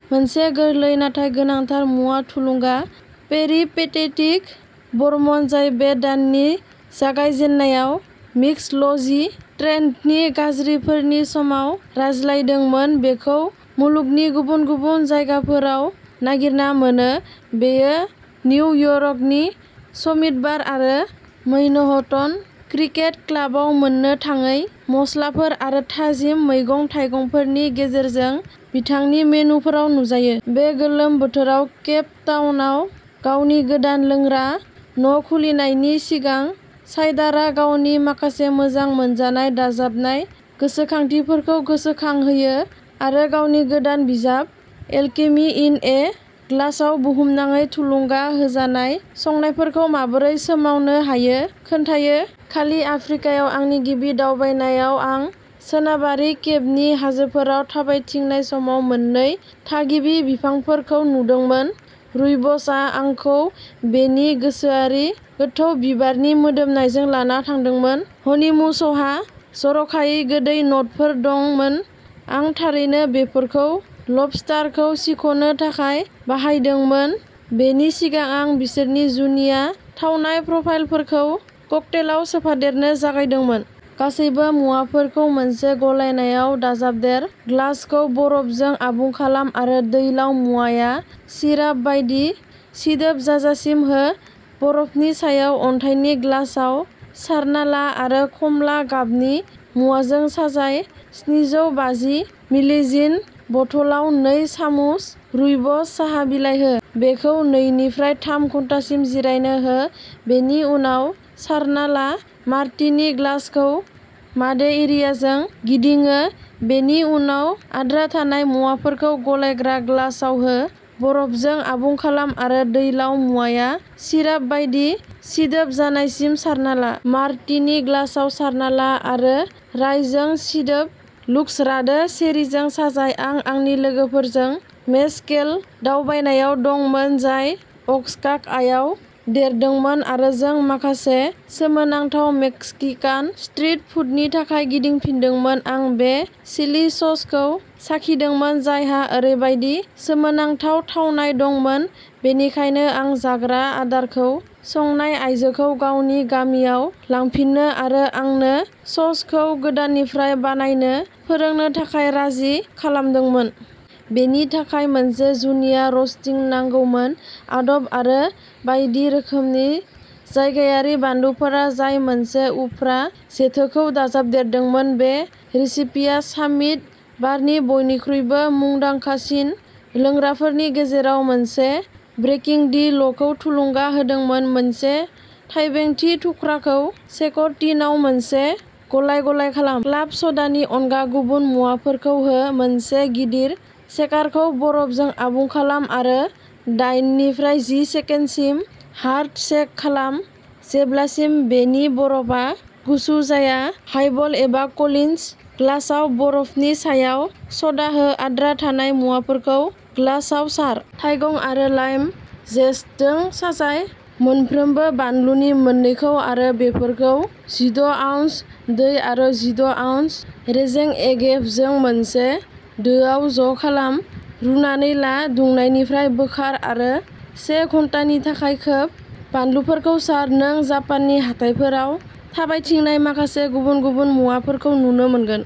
मोनसे गोरलै, नाथाय गोनांथार मुवा थुलुंगा। पेरिपेटेटिक बर्मन, जाय बे दाननि जागाय जेन्नायाव मिक्सल'जि ट्रेन्दनि गाज्रिफोरनि सायाव रायज्लायदोंमोन। बेखौ मुलुगनि गुबुन गुबुन जायगाफोराव नागिरना मोनो। बेयो निउयर्कनि समिट बार आरो मैन'हटन क्रिकेट क्लाबआव मोननो थाङै मस्लाफोर आरो थाजिम मैगं थाइगंफोरनि गेजेरजों बिथांनि मेनुफोराव नुजायो। बे गोलोम बोथोराव केप टाउनआव गावनि गोदान लोंग्रा न' खुलिनायनि सिगां, साइडारआ गावनि माखासे मोजां मोनजानाय दाजाबदेरनाय गोसोखांथिफोरखौ गोसोखांहोयो आरो गावनि गोदान बिजाब एलकेमि इन ए ग्लासआव बुहुमनाङै थुलुंगा होजानाय संनायफोरखौ माबोरै सोमावनो हायो खोन्थायो। खोलि आफ्रिकायाव आंनि गिबि दावबायनायाव आं सोनाबारि केपनि हाजोफोराव थाबायथिंनाय समाव मोन्नै थागिबि बिफांफोरखौ नुदोंमोन। रुइब'सआ आंखौ बेनि गोसोआरि गोथौ बिबारनि मोदोमनायजों लाना थांदोंमोन। हनिमुस'हा जर'खायै गोदै न'टफोर दंमोन। आं थारैनो बेफोरखौ लबस्टारखौ सिख'नो थाखाय बाहायदोंमोन। बेनि सिगां आं बिसोरनि जुनिया थावनाय प्रफाइलफोरखौ ककटेलआव सोफादेरनो जागायदोंमोन। गासैबो मुवाफोरखौ मोनसे गलायनायाव दाजाबदेर। ग्लासखौ बरफजों आबुं खालाम आरो दैलाव मुवाया सिराप बायदि सिदोब जानायसिम हो। बरफनि सायाव अन्थाइनि ग्लासआव सारना ला आरो खमला गाबनि मुवाजों साजाय। स्निजौबाजि मिलि जिन बथलआव नै सामुस रुइब'स साहा बिलाइ हो। बेखौ नैनिफ्राय थाम घन्टासिम जिरायनो हो, बेनि उनाव सारना ला। मार्टिनि ग्लासखौ मादेइरियाजों गिदिङो, बेनि उनाव आद्रा थानाय मुवाफोरखौ गलायग्रा ग्लासाव हो। बरफजों आबुं खालाम आरो दैलाव मुवाया सिराप बायदि सिदोब जानायसिम सारना ला। मार्टिनि ग्लासआव सारना ला आरो राइजों सिदोब लुक्सर्डा चेरीजों साजाय। आं आंनि लोगोफोरजों मेजकेल दावबायनायाव दंमोन, जाय अ'क्साकायाव देरदोंमोन आरो जों माखासे सोमोनांथाव मेस्किकान स्ट्रिट फुडनि थाखाय गिदिंफिनदोंमोन। आं बे चिलि ससखौ साखिदोंमोन, जायहा ओरैबायदि सोमोनांथाव थावनाय दंमोन। बेनिखायनो आं जाग्रा आदारखौ संनाय आयजोखौ गावनि गामियाव लांफिननो आरो आंनो स'सखौ गोदाननिफ्राय बानायनो फोरोंनो थाखाय राजि खालामदोंमोन। बेनि थाखाय मोनसे जुनिया रस्टिं नांगौमोन। आदब आरो बायदि रोखोमनि जायगायारि बानलुफोरा जाय मोनसे उफ्रा जेथोखौ दाजाबदेरदोंमोन। बे रेसिपिया सामिट बारनि बयनिख्रुइबो मुंदांखासिन लोंग्राफोरनि गेजेराव मोनसे, ब्रेकिं दि लखौ थुलुंगा होदोंमोन। मोनसे थाइबेंथि थुख्राखौ शेकर टिनआव मोनसे गलाय गलाय खालाम। क्लाब स'डानि अनगा गुबुन मुवाफोरखौ हो। मोनसे गिदिर शेकारखौ बरफजों आबुं खालाम आरो दाइननिफ्राय जि सेकेन्डसिम हार्ड शेक खालाम जेब्लासिम बेनि बरफआ गुसु जाया। हाइबल एबा कलिन्स ग्लासआव बरफनि सायाव स'डा हो। आद्रा थानाय मुवाफोरखौ ग्लासआव सार। थाइगं आरो लाइम जेस्टजों साजाय। मोनफ्रोमबो बानलुनि मोननैखौ आरो बेफोरखौ जिद' आउन्स दै आरो जिद' आउन्स रेजें एगेभजों मोनसे दोआव ज' खालाम। रुनानै ला, दुंनायनिफ्राय बोखार आरो से घन्टानि थाखाय खोब। बानलुफोरखौ सार। नों जापाननि हाथाइफोराव थाबायथिंनाय माखासे गुबुन गुबुन मुवाफोरखौ नुनो मोनगोन।